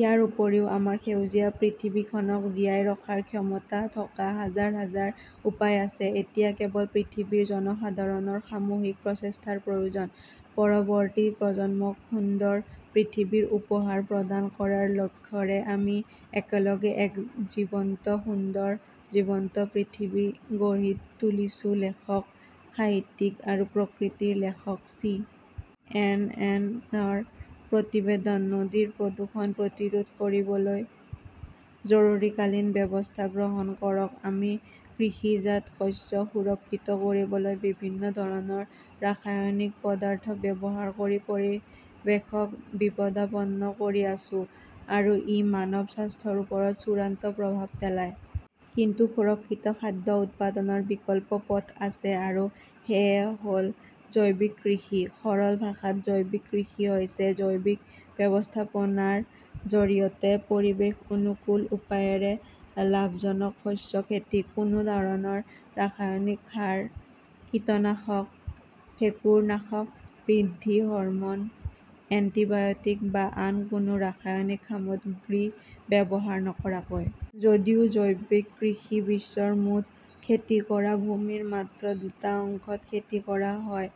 ইয়াৰ উপৰিও আমাৰ সেউজীয়া পৃথিৱীখনক জীয়াই ৰখাৰ ক্ষমতা থকা হাজাৰ হাজাৰ উপায় আছে। এতিয়া কেৱল পৃথিৱীৰ জনসাধাৰণৰ সামূহিক প্ৰচেষ্টাৰ প্ৰয়োজন। পৰৱৰ্তী প্ৰজন্মক সুন্দৰ পৃথিৱীৰ উপহাৰ প্ৰদান কৰাৰ লক্ষ্যৰে আমি একেলগে এক জীৱন্ত সুন্দৰ জীৱন্ত পৃথিৱী গঢ়ি তুলিছো-লেখক, সাহিত্যিক আৰু প্ৰকৃতিৰ লেখক চি. এন. এন. ৰ প্ৰতিবেদন। নদীৰ প্ৰদূষণ প্ৰতিৰোধ কৰিবলৈ জৰুৰীকালীন ব্যৱস্থা গ্ৰহণ কৰক আমি কৃষিজাত শস্য সুৰক্ষিত কৰিবলৈ বিভিন্ন ধৰণৰ ৰাসায়নিক পদাৰ্থ ব্যৱহাৰ কৰি পৰিৱেশক বিপদাপন্ন কৰি আছো। আৰু ই মানৱ স্বাস্থ্যৰ ওপৰত চূড়ান্ত প্ৰভাৱ পেলায়। কিন্তু সুৰক্ষিত খাদ্য উৎপাদনৰ বিকল্প পথ আছে, আৰু সেয়া হ'ল জৈৱিক কৃষি। সৰল ভাষাত জৈৱিক কৃষি হৈছে জৈৱিক ব্যৱস্থাপনাৰ জৰিয়তে পৰিৱেশ অনুকূল উপায়েৰে লাভজনক শস্য খেতি, কোনো ধৰণৰ ৰাসায়নিক সাৰ, কীটনাশক, ভেঁকুৰনাশক, বৃদ্ধি হৰম'ন, এণ্টিবায়'টিক বা আন কোনো ৰাসায়নিক সামগ্ৰী ব্যৱহাৰ নকৰাকৈ। যদিও জৈৱিক কৃষি বিশ্বৰ মুঠ খেতি কৰা ভূমিৰ মাত্ৰ দুটা অংশত খেতি কৰা হয়,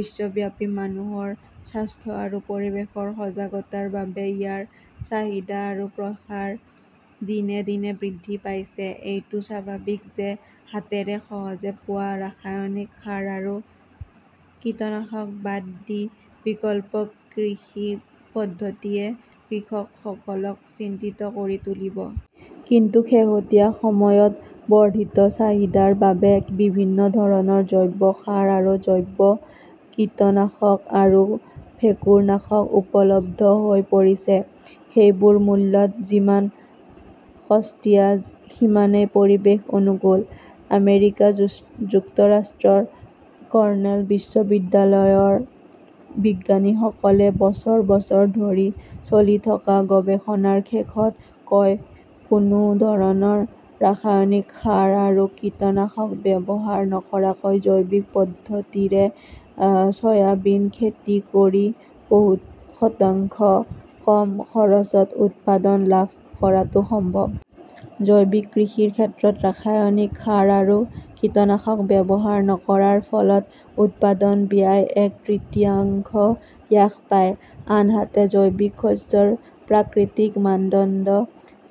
বিশ্বব্যাপী মানুহৰ স্বাস্থ্য আৰু পৰিৱেশৰ সজাগতাৰ বাবে ইয়াৰ চাহিদা আৰু প্ৰসাৰ দিনে দিনে বৃদ্ধি পাইছে। এইটো স্বাভাৱিক যে হাতেৰে সহজে পোৱা ৰাসায়নিক সাৰ আৰু কীটনাশক বাদ দি বিকল্প কৃষি পদ্ধতিয়ে কৃষকসকলক চিন্তিত কৰি তুলিব। কিন্তু শেহতীয়া সময়ত বৰ্ধিত চাহিদাৰ বাবে বিভিন্ন ধৰণৰ জৈৱ সাৰ আৰু জৈৱ কীটনাশক আৰু ভেঁকুৰনাশক উপলব্ধ হৈ পৰিছে। সেইবোৰ মূল্যত যিমান সস্তীয়া সিমানেই পৰিৱেশ অনুকূল। আমেৰিকা যুক্তৰাষ্ট্ৰৰ কৰ্ণেল বিশ্ববিদ্যালয়ৰ বিজ্ঞানীসকলে বছৰ বছৰ ধৰি চলি থকা গৱেষণাৰ শেষত কয়-কোনো ধৰণৰ ৰাসায়নিক সাৰ আৰু কীটনাশক ব্যৱহাৰ নকৰাকৈ জৈৱিক পদ্ধতিৰে সয়াবিন খেতি কৰি বহু শতাংশ কম খৰচত উৎপাদন লাভ কৰাটো সম্ভৱ। জৈৱিক কৃষিৰ ক্ষেত্ৰত ৰাসায়নিক সাৰ আৰু কীটনাশক ব্যৱহাৰ নকৰাৰ ফলত উৎপাদন ব্যয় এক তৃতীয়াংশ হ্ৰাস পায়। আনহাতে জৈৱিক শস্যৰ প্ৰাকৃতিক মানদণ্ড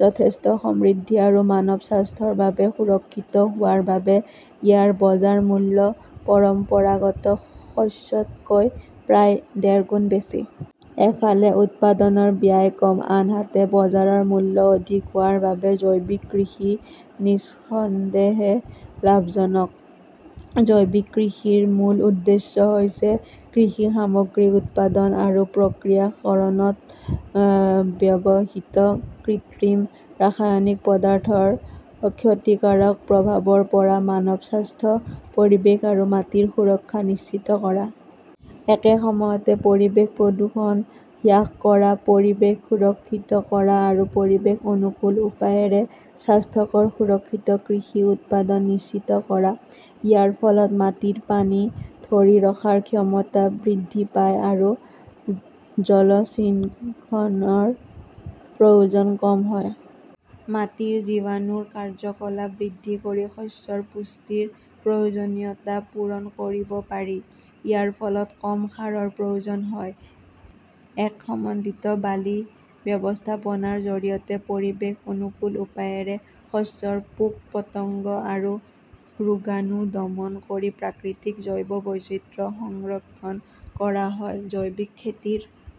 যথেষ্ট সমৃদ্ধ আৰু মানৱ স্বাস্থ্যৰ বাবে সুৰক্ষিত হোৱাৰ বাবে ইয়াৰ বজাৰ মূল্য পৰম্পৰাগত শস্যতকৈ প্ৰায় ডেৰ গুণ বেছি। এফালে উৎপাদনৰ ব্যয় কম, আনহাতে বজাৰৰ মূল্য অধিক হোৱাৰ বাবে জৈৱিক কৃষি নিঃসন্দেহে লাভজনক। জৈৱিক কৃষিৰ মূল উদ্দেশ্য হৈছে কৃষি সামগ্ৰী উৎপাদন আৰু প্ৰক্ৰিয়াকৰণত ব্যৱহৃত কৃত্ৰিম ৰাসায়নিক পদাৰ্থৰ ক্ষতিকাৰক প্ৰভাৱৰ পৰা মানৱ স্বাস্থ্য, পৰিৱেশ আৰু মাটিৰ সুৰক্ষা নিশ্চিত কৰা। একে সময়তে, পৰিৱেশ প্ৰদূষণ হ্ৰাস কৰা, পৰিৱেশ সুৰক্ষিত কৰা আৰু পৰিৱেশ অনুকূল উপায়েৰে স্বাস্থ্যকৰ সুৰক্ষিত কৃষি উৎপাদন নিশ্চিত কৰা। ইয়াৰ ফলত মাটিৰ পানী ধৰি ৰখাৰ ক্ষমতা বৃদ্ধি পায় আৰু জলসিঞ্চনৰ প্ৰয়োজন কম হয়। মাটিত জীৱাণুৰ কাৰ্য্যকলাপ বৃদ্ধি কৰি শস্যৰ পুষ্টিৰ প্ৰয়োজনীয়তা পূৰণ কৰিব পাৰি। ইয়াৰ ফলত কম সাৰৰ প্ৰয়োজন হয়। এক সমন্বিত বালি ব্যৱস্থাপনাৰ জৰিয়তে পৰিৱেশ অনুকূল উপায়েৰে শস্যৰ পোক-পতংগ আৰু ৰোগাণু দমন কৰি প্ৰাকৃতিক জৈৱ বৈচিত্ৰ্য সংৰক্ষণ কৰা হয়। জৈৱিক খেতিৰ